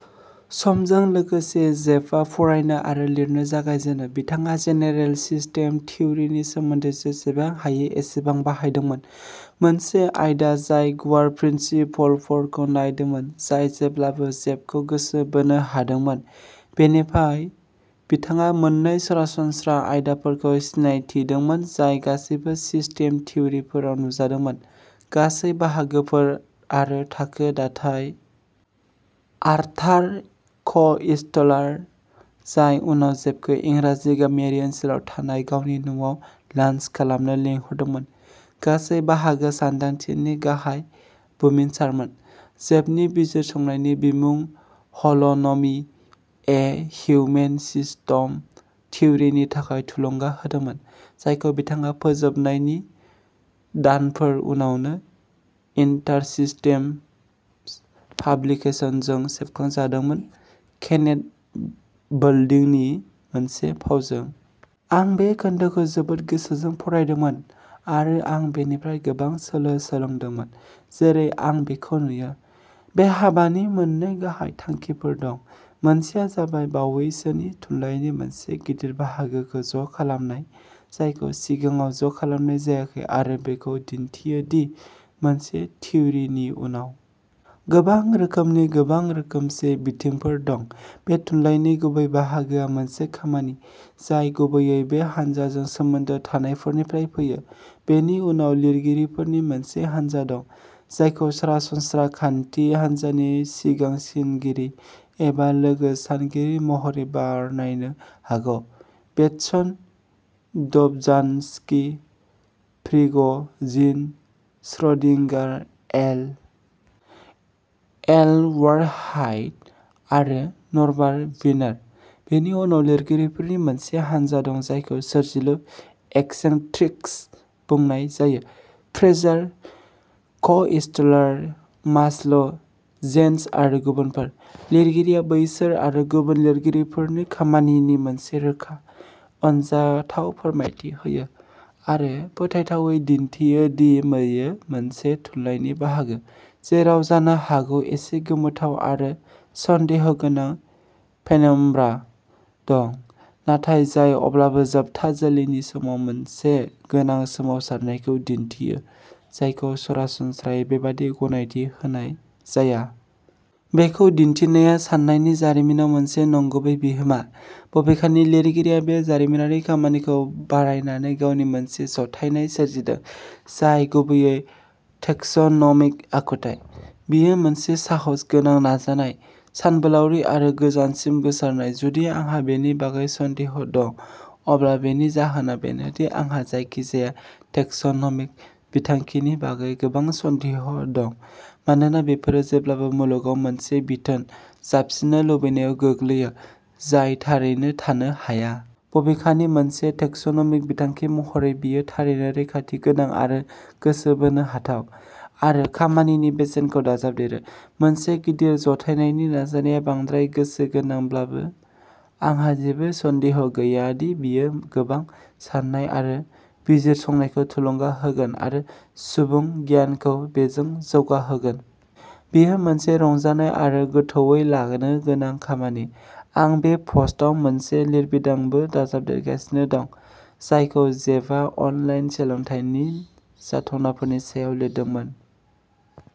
समजों लोगोसे, जेफआ फरायनो आरो लिरनो जागायजेनो। बिथाङा जेनेरेल सिस्टेम थिउरिनि सोमोन्दै जेसेबां हायो एसेबां बाहायदोंमोन, मोनसे आयदा जाय गुवार प्रिन्सिपलफोरखौ नायदोंमोन, जाय जेब्लाबो जेफखौ गोसो बोनो हादोंमोन। बेनिफ्राय, बिथाङा मोन्नै सरासनस्रा आयदाफोरखौ सिनायथिदोंमोन जाय गासैबो सिस्टेम थिउरिफोराव नुजादोंमोनः गासै-बाहागोफोर आरो थाखो दाथाय। आर्थार क'इस्टलार, जाय उनाव जेफखौ इंराजि गामियारि ओनसोलाव थानाय गावनि न'आव लान्स खालामनो लिंहरदोंमोन, गासै-बाहागो सानदांथिनि गाहाय बुमिनसारमोन, जेफनि बिजिरसंनायनि बिमुं, हल'न'मिः ए हिउमेन सिस्टम थिउरिनि थाखाय थुलुंगा होदोंमोन, जायखौ बिथाङा फोजोबनायनि दानफोर उनावनो इन्टारसिस्टेमस पाब्लिकेशनजों सेबखांजादोंमोन, केनेथ बोल्डिंनि मोनसे फावजों। आं बे खोन्दोखौ जोबोद गोसोजों फरायदोंमोन, आरो आं बेनिफ्राय गोबां सोलो सोलोंदोंमोन। जेरै आं बेखौ नुयो, बे हाबानि मोननै गाहाय थांखिफोर दं। मोनसेया जाबाय बावैसोनि थुनलाइनि मोनसे गिदिर बाहागोखौ ज'खालामनाय, जायखौ सिगाङाव ज'खालामनाय जायाखै आरो बेखौ दिन्थियो दि, मोनसे थिउरिनि उनाव। गोबां रोखोमनि, गोबां रोखोमसे बिथिंफोर दं। बे थुनलाइनि गुबै बाहागोआ मोनसे खामानि, जाय गुबैयै बे हानजाजों सोमोन्दो थानायफोरनिफ्राय फैयो। बेनि उनाव लिरगिरिफोरनि मोनसे हानजा दं, जायखौ सरासनस्रा खान्थि हान्जानि सिगांसिनगिरि एबा'लोगो सानगिरि'महरै बरनायनो हागौ-बेटसन, Dobzhansky, Prigogine, Schrodinger, L. L. Whyte, आरो न'रबार वीनार। बेनि उनाव लिरगिरिफोरनि मोनसे हानजा दं, जायखौ'सोरजिलु एक्सेंट्रिक्स'बुंनाय जायो-फ्रेजार, क'इस्टलार, मास्ल ', जेन्स आरो गुबुनफोर। लिरगिरिया बैसोर आरो गुबुन लिरगिरिफोरनि खामानिनि मोनसे रोखा, अनजाथाव फोरमायथि होयो, आरो फोथायथावै दिन्थियो दि बेयो मोनसे थुनलायनि बाहागो, जेराव जानो हागौ एसे गोमोथाव आरो सन्देहगोनां पेनम्ब्रा दं, नाथाय जाय अब्लाबो जोबथा जोलैनि समाव मोनसे गोनां सोमावसारनायखौ दिन्थियो, जायखौ सरासनस्रायै बेबादि गनायथि होनाय जाया। बेखौ दिन्थिनाया साननायनि जारिमिनाव मोनसे नंगुबै बिहोमा। बबेखानि, लिरगिरिया बे जारिमिनारि खामानिखौ बारायनानै गावनि मोनसे जथायनाय सोरजिदों, जाय गुबैयै टेक्स'न'मिक आखुथाइ। बेयो मोनसे साहसगोनां नाजानाय, सानबोलावरि आरो गोजानसिम गोसारनाय। जुदि आंहा बेनि बागै सन्देह दं, अब्ला बेनि जाहोना बेनो दि आंहा जायखिजाया टेक्स'न'मिक बिथांखिनि बागै गोबां सन्देह दं, मानोना बेफोरो जेब्लाबो मुलुगआव मोनसे बिथोन जाबसिननो लुबैनायाव गोग्लैयो, जाय थारैनो थानो हाया। बबेखानि, मोनसे टेक्स'न'मिक बिथांखि महरै बेयो थारैनो रैखाथि गोनां आरो गोसो बोनो हाथाव, आरो खामानिनि बेसेनखौ दाजाबदेरो। मोनसे गिदिर जथायनायनि नाजानाया बांद्राय गोसो गोनांब्लाबो, आंहा जेबो सन्देह गैया दि बेयो गोबां साननाय आरो बिजिरसंनायखौ थुलुंगा होगोन आरो सुबुं गियानखौ बेजों जौगाहोगोन। बेयो मोनसे रंजानाय आरो गोथौवै लानो गोनां खामानि। आं बे पस्टआव मोनसे लिरबिदांबो दाजाबदेरगासिनो दं, जायखौ जेफआ अनलाइन सोलोंथाइनि जाथावनाफोरनि सायाव लिरदोंमोन।